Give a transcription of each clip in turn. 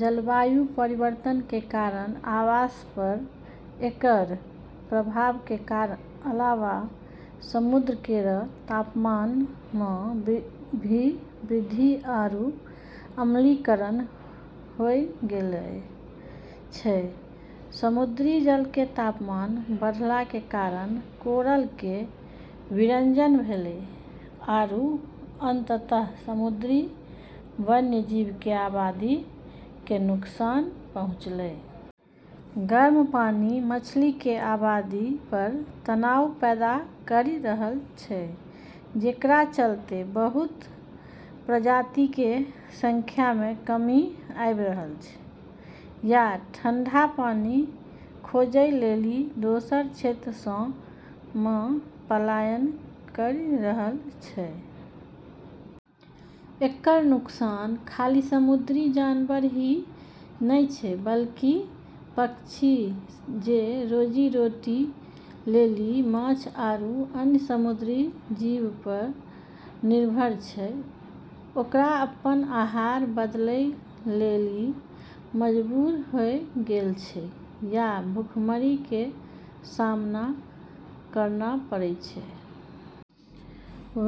जलवायु परिवर्तन के कारण आवास पर एकरऽ प्रभाव के अलावा समुद्र केरऽ तापमान म॑ भी वृद्धि आरू अम्लीकरण होय गेलऽ छै। समुद्री जल के तापमान बढ़ला के कारण कोरल के विरंजन भेलै आरू अंततः समुद्री वन्यजीव के आबादी के नुकसान पहुँचलै। गर्म पानी मछली के आबादी पर तनाव पैदा करी रहलऽ छै, जेकरा चलतें बहुत प्रजाति के संख्या म॑ कमी आबी रहलऽ छै या ठंडा पानी खोजै लेली दोसरऽ क्षेत्रऽ म॑ पलायन करी रहलऽ छै। एकरऽ नुकसान खाली समुद्री जानवर ही नै छै, बल्कि समुद्री पक्षी जे रोजी-रोटी लेली माछ आरू अन्य समुद्री जीवऽ प॑ निर्भर छै, ओकरा अपनऽ आहार बदलै लेली मजबूर होय गेलऽ छै या भूखमरी के सामना करना पड़॑ छै।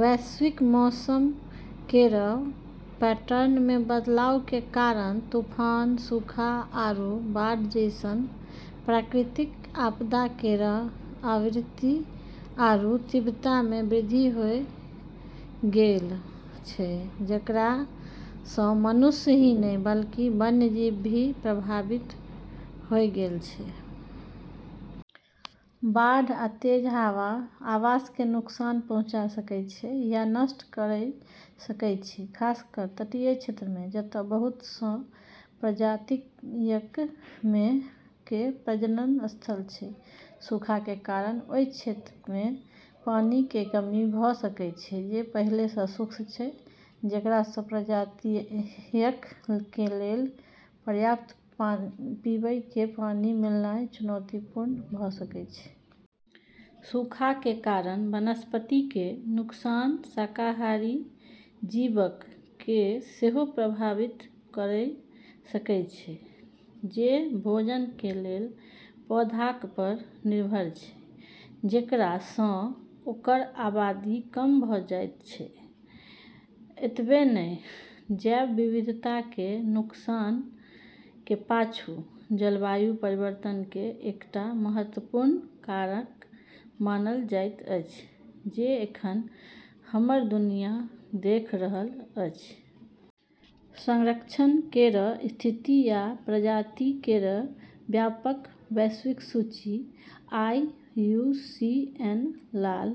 वैश्विक मौसम केरऽ पैटर्न म॑ बदलाव के कारण तूफान, सूखा, आरू बाढ़ जैसनऽ प्राकृतिक आपदा केरऽ आवृत्ति आरू तीव्रता म॑ भी वृद्धि होय गेलऽ छै, जेकरा स॑ मनुष्य ही नै बल्कि वन्यजीव भी प्रभावित होय गेलऽ छै। बाढ़ आ तेज हवा आवास कें नुकसान पहुंचा सकएय छै या नष्ट कयर सकएय छै, खासकर तटीय क्षेत्रक मे, जत बहुत सं प्रजातियक कें प्रजनन स्थल छै. सूखा कें कारण ओय क्षेत्रक मे पानी कें कमी भ सकय छै जे पइहले सं शुष्क छै, जेकरा सं प्रजातियक कें लेल पर्याप्त पीवय कें पानी मिलनाय चुनौतीपूर्ण भ सकय छै. सूखा कें कारण वनस्पति कें नुकसान शाकाहारी जीवक कें सेहो प्रभावित कयर सकय छै, जे भोजन कें लेल पौधाक पर निर्भर छै, जेकरा सं ओकर आबादी कम भ जायत छै. एतबे नै, जैव विविधता के नुकसान के पाछु जलवायु परिवर्तन के एकटा महत्वपूर्ण कारक मानल जाइत अछि जे एखन हमर दुनिया देख रहल अछि। संरक्षण केरऽ स्थिति या प्रजाति केरऽ व्यापक वैश्विक सूची आईयूसीएन लाल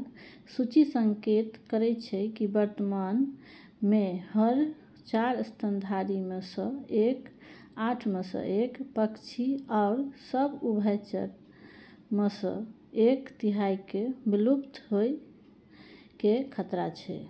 सूची संकेत करै छै कि, वर्तमान म॑ हर चार स्तनधारी म॑ स॑ एक, आठ म॑ स॑ एक पक्षी आरू सब उभयचरऽ म॑ स॑ एक तिहाई क॑ विलुप्त होय के खतरा छै।